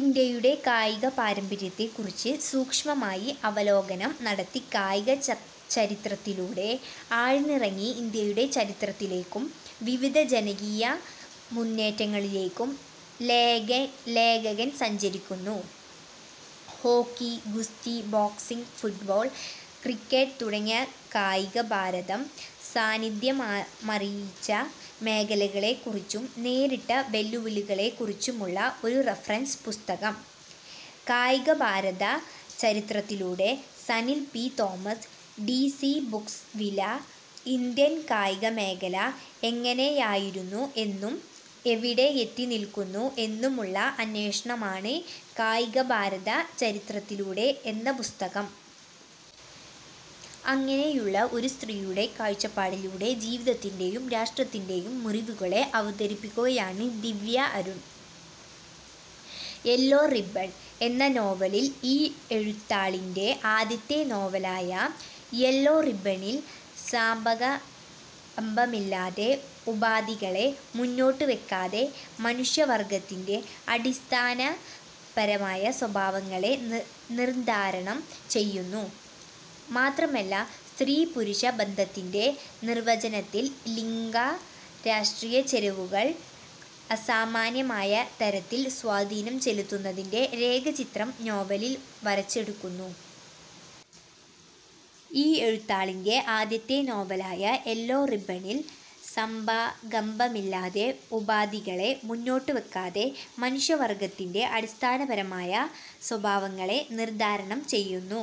ഇന്ത്യയുടെ കായികപാരമ്പര്യത്തെക്കുറിച്ച് സൂക്ഷ്മമായി അവലോകനം നടത്തി കായിക ചരിത്രത്തിലൂടെ ആഴ്ന്നിറങ്ങി ഇന്ത്യയുടെ ചരിത്രത്തിലേക്കും വിവിധ ജനകീയമുന്നേറ്റങ്ങളിലേക്കും ലേഖകൻ സഞ്ചരിക്കുന്നു. ഹോക്കി, ഗുസ്തി, ബോക്സിങ്, ഫുട്ബോൾ, ക്രിക്കറ്റ് തുടങ്ങി കായികഭാരതം സാന്നിധ്യമറിയിച്ച മേഖലകളെക്കുറിച്ചും നേരിട്ട വെല്ലുവിളികളെക്കുറിച്ചുമുള്ള ഒരു റഫറൻസ് പുസ്തകം. കായികഭാരത ചരിത്രത്തിലൂടെ സനിൽ പി. തോമസ് ഡി സി ബുക്സ് വില: ഇന്ത്യൻ കായികമേഖല എങ്ങനെയായിരുന്നു എന്നും എവിടെ എത്തിനിൽക്കുന്നു എന്നുമുള്ള അന്വേഷണമാണ് കായികഭാരത ചരിത്രത്തിലൂടെ എന്ന പുസ്തകം. അങ്ങനെയുള്ള ഒരു സ്ത്രീയുടെ കാഴ്ചപ്പാടിലൂടെ ജീവിതത്തിന്റെയും രാഷ്ട്രത്തിന്റെയും മുറിവുകളെ അവതരിപ്പിക്കുകയാണ് ദിവ്യ അരുൺ 'യെല്ലോ റിബ്ബൺ' എന്ന നോവലിൽ. ഈ എഴുത്താളിന്റെ ആദ്യത്തെ നോവലായ 'യെല്ലോ റിബ്ബണി'ൽ സഭാകമ്പമില്ലാതെ, ഉപാധികളെ മുന്നോട്ടുവയ്ക്കാതെ മനുഷ്യവർഗ്ഗത്തിന്റെ അടിസ്ഥാനപരമായ സ്വഭാവങ്ങളെ നിർദ്ധാരണം ചെയ്യുന്നു. മാത്രമല്ല, സ്ത്രീ-പുരുഷ ബന്ധത്തിന്റെ നിർവ്വചനത്തിൽ ലിംഗ/രാഷ്ട്രീയ ചേരുവകൾ അസാമാന്യമായ തരത്തിൽ സ്വാധീനം ചെലുത്തുന്നതിന്റെ രേഖാചിത്രം നോവലിൽ വരച്ചെടുക്കുന്നു. ഈ എഴുത്താളിന്റെ ആദ്യത്തെ നോവലായ 'യെല്ലോ റിബ്ബണി'ൽ സമ്പാകമ്പമില്ലാതെ, ഉപാധികളെ മുന്നോട്ടുവയ്ക്കാതെ മനുഷ്യവർഗ്ഗത്തിന്റെ അടിസ്ഥാനപരമായ സ്വഭാവങ്ങളെ നിർദ്ധാരണം ചെയ്യുന്നു.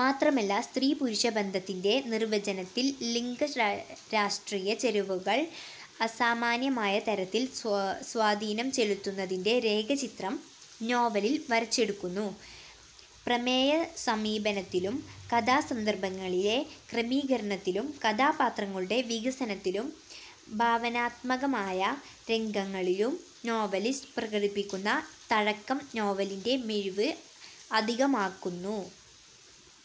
മാത്രമല്ല, സ്ത്രീ-പുരുഷ ബന്ധത്തിന്റെ നിർവ്വചനത്തിൽ ലിംഗ/രാഷ്ട്രീയ ചേരുവകൾ അസാമാന്യമായ തരത്തിൽ സ്വാധീനം ചെലുത്തുന്നതിന്റെ രേഖാചിത്രം നോവലിൽ വരച്ചെടുക്കുന്നു. പ്രമേയസമീപനത്തിലും കഥാസന്ദർഭങ്ങളിലും ക്രമീകരണത്തിലും കഥാപാത്രങ്ങളുടെ വികസനത്തിലും ഭാവനാത്മകമായ രംഗങ്ങളിലും നോവലിസ്റ്റ് പ്രകടിപ്പിക്കുന്ന തഴക്കം നോവലിന്റെ മിഴിവ് അധികമാക്കുന്നു.